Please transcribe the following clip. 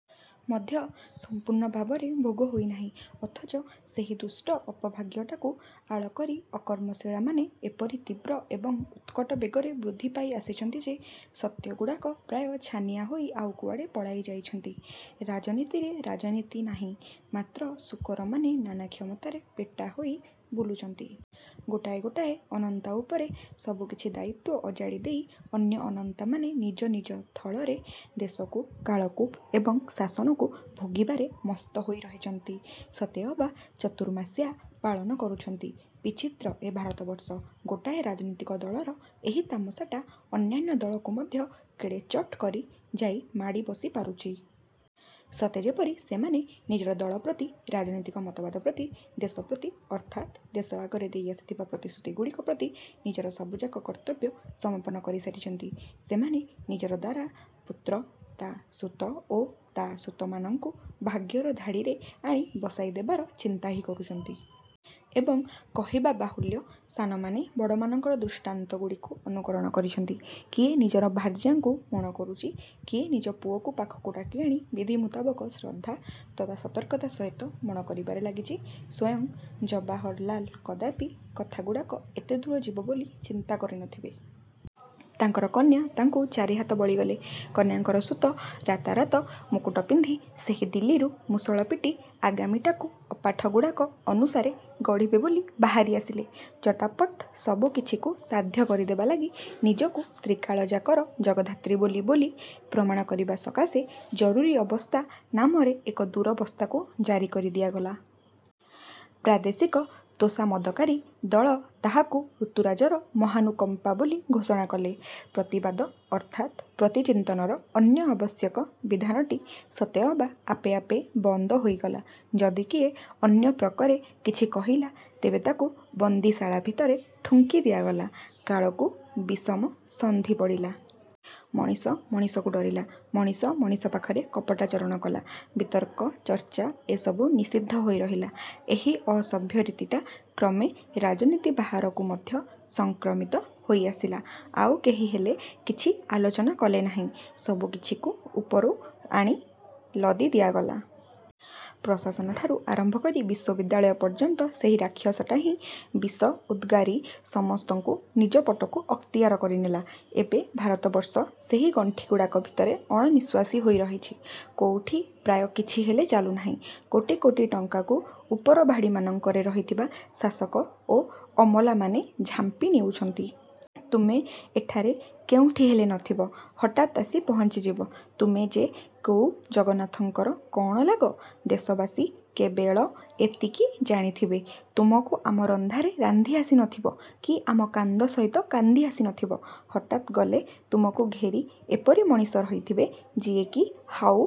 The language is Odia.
ମଧ୍ୟ ସମ୍ପୂର୍ଣ୍ଣ ଭାବରେ ଭୋଗ ହୋଇନାହିଁ। ଅଥଚ ସେହି ଦୁଷ୍ଟ ଅପଭାଗ୍ୟଟାକୁ ଆଳ କରି ଅକର୍ମଶିଳାମାନେ ଏପରି ତୀବ୍ର ଏବଂ ଉତ୍କଟ ବେଗରେ ବୃଦ୍ଧି ପାଇ ଆସିଛନ୍ତି ଯେ, ସତ୍ୟଗୁଡ଼ାକ ପ୍ରାୟ ଛାନିଆ ହୋଇ ଆଉ କୁଆଡ଼େ ପଳାଇ ଯାଇଛନ୍ତି। ରାଜନୀତିରେ ରାଜନୀତି ନାହିଁ, ମାତ୍ର ଶୂକରମାନେ ନାନା କ୍ଷମତାରେ ପେଟା ହୋଇ ବୁଲୁଛନ୍ତି। ଗୋଟାଏ ଗୋଟାଏ ଅନନ୍ତା ଉପରେ ସବୁକିଛି ଦାୟିତ୍ୱ ଅଜାଡ଼ି ଦେଇ ଅନ୍ୟ ଅନନ୍ତାମାନେ ନିଜ ନିଜ ଥଳରେ ଦେଶକୁ, କାଳକୁ ଏବଂ ଶାସନକୁ ଭୋଗିବାରେ ମସ୍ତ ହୋଇ ରହିଛନ୍ତି। ସତେଅବା ଚତୁର୍ମାସ୍ୟା ପାଳନ କରୁଛନ୍ତି। ବିଚିତ୍ର ଏ ଭାରତବର୍ଷ, ଗୋଟାଏ ରାଜନୀତିକ ଦଳର ଏହି ତାମସାଟା ଅନ୍ୟାନ୍ୟ ଦଳକୁ ମଧ୍ୟ କେଡ଼େ ଚଟ୍ କରି ଯାଇ ମାଡ଼ି ବସି ପାରୁଛି। ସତେ ଯେପରି ସେମାନେ ନିଜର ଦଳ ପ୍ରତି, ରାଜନୀତିକ ମତବାଦ ପ୍ରତି, ଦେଶ ପ୍ରତି ଅର୍ଥାତ୍ ଦେଶ ଆଗରେ ଦେଇ ଆସିଥିବା ପ୍ରତିଶ୍ରୁତିଗୁଡ଼ିକ ପ୍ରତି ନିଜର ସବୁଯାକ କର୍ତ୍ତବ୍ୟ ସମାପନ କରି ସାରିଛନ୍ତି; ସେମାନେ ନିଜର ଦାରା, ପୁତ୍ର, ତା' ସୁତ ଓ ତା' ସୁତମାନଙ୍କୁ ଭାଗ୍ୟର ଧାଡ଼ିରେ ଆଣି ବସାଇ ଦେବାର ଚିନ୍ତା ହିଁ କରୁଛନ୍ତି। ଏବଂ, କହିବା ବାହୁଲ୍ୟ, ସାନମାନେ ବଡ଼ମାନଙ୍କର ଦୃଷ୍ଟାନ୍ତଗୁଡ଼ିକୁ ଅନୁକରଣ କରିଛନ୍ତି। କିଏ ନିଜର ଭାର୍ଯ୍ୟାଙ୍କୁ ମଣ କରୁଛି, କିଏ ନିଜ ପୁଅକୁ ପାଖକୁ ଡାକିଆଣି ବିଧି ମୁତାବକ ଶ୍ରଦ୍ଧା ତଥା ସତର୍କତା ସହିତ ମଣ କରିବାରେ ଲାଗିଛି। ସ୍ୱୟଂ ଜବାହରଲାଲ କଦାପି କଥାଗୁଡ଼ାକ ଏତେଦୂର ଯିବ ବୋଲି ଚିନ୍ତା କରି ନଥିବେ। ତାଙ୍କର କନ୍ୟା ତାଙ୍କୁ ଚାରିହାତ ବଳିଗଲେ। କନ୍ୟାଙ୍କର ସୁତ ରାତାରାତ ମୁକୁଟ ପିନ୍ଧି ସେହି ଦିଲ୍ଲୀରୁ ମୁଷଳ ପିଟି ଆଗାମୀଟାକୁ ଅପାଠଗୁଡ଼ାକ ଅନୁସାରେ ଗଢ଼ିବେ ବୋଲି ବାହାରି ଆସିଲେ। ଚଟାପଟ୍ ସବୁକିଛିକୁ ସାଧ୍ୟ କରିଦେବା ଲାଗି ନିଜକୁ ତ୍ରିକାଳଯାକର ଜଗଦ୍ଧାତ୍ରୀ ବୋଲି ବୋଲି ପ୍ରମାଣ କରିବା ସକାଶେ ଜରୁରୀ ଅବସ୍ଥା ନାମରେ ଏକ ଦୁରବସ୍ଥାକୁ ଜାରି କରି ଦିଆଗଲା। ପ୍ରାଦେଶିକ ତୋଷାମଦକାରୀ ଦଳ ତାହାକୁ ଋତୁରାଜର ମହାନୁକମ୍ପା ବୋଲି ଘୋଷଣା କଲେ। ପ୍ରତିବାଦ ଅର୍ଥାତ୍ ପ୍ରତିଚିନ୍ତନର ଅନ୍ୟ ଆବଶ୍ୟକ ଵିଧାନଟି ସତେଅବା ଆପେ ଆପେ ବନ୍ଦ ହୋଇଗଲା। ଯଦି କିଏ ଅନ୍ୟ ପ୍ରକରେ କିଛି କହିଲା, ତେବେ ତାକୁ ବନ୍ଦୀଶାଳା ଭିତରେ ଠୁଙ୍କି ଦିଆଗଲା। କାଳକୁ ବିଷମ ସନ୍ଧି ପଡ଼ିଲା। ମଣିଷ ମଣିଷକୁ ଡ଼ରିଲା, ମଣିଷ ମଣିଷ ପାଖରେ କପଟାଚରଣ କଲା। ବିତର୍କ, ଚର୍ଚ୍ଚା ଏସବୁ ନିଷିଦ୍ଧ ହୋଇ ରହିଲା। ଏହି ଅସଭ୍ୟ ରୀତିଟା କ୍ରମେ ରାଜନୀତି ବାହାରକୁ ମଧ୍ୟ ସଂକ୍ରମିତ ହୋଇ ଆସିଲା। ଆଉ କେହିହେଲେ କିଛି ଆଲୋଚନା କଲେନାହିଁ। ସବୁକିଛିକୁ ଉପରୁ ଆଣି ଲଦି ଦିଆଗଲା। ପ୍ରଶାସନଠାରୁ ଆରମ୍ଭ କରି ବିଶ୍ୱବିଦ୍ୟାଳୟ ପଯ୍ୟନ୍ତ ସେହି ରାକ୍ଷସଟା ହିଁ ବିଷ ଉଦ୍ଗାରି ସମସ୍ତଙ୍କୁ ନିଜ ପଟକୁ ଅକ୍ତିଆର କରିନେଲା। ଏବେ ଭାରତବର୍ଷ ସେହି ଗଣ୍ଠିଗୁଡ଼ାକ ଭିତରେ ଅଣନିଃଶ୍ୱାସୀ ହୋଇ ରହିଛି। କୋଉଠି ପ୍ରାୟ କିଛିହେଲେ ଚାଲୁନାହିଁ। କୋଟି କୋଟି ଟଙ୍କାକୁ ଉପର ଭାଡ଼ିମାନଙ୍କରେ ରହିଥିବା ଶାସକ ଓ ଅମଲାମାନେ ଝାମ୍ପି ନେଉଛନ୍ତି। ତୁମେ ଏଠାରେ କେଉଁଠି ହେଲେ ନଥିବ, ହଠାତ୍ ଆସି ପହଞ୍ଚିଯିବ। ତୁମେ ଯେ କୋଉ ଜଗନ୍ନାଥଙ୍କର କ'ଣ ଲାଗ, ଦେଶବାସୀ କେବେଳ ଏତିକି ଜାଣିଥିବେ। ତୁମକୁ ଆମ ରନ୍ଧାରେ ରାନ୍ଧି ଆସି ନଥିବ କି ଆମ କାନ୍ଦ ସହିତ କାନ୍ଦି ଆସି ନଥିବ, ହଠାତ୍ ଗଲେ ତୁମକୁ ଘେରି ଏପରି ମଣିଷ ରହିଥିବେ, ଯିଏକି ହାଉ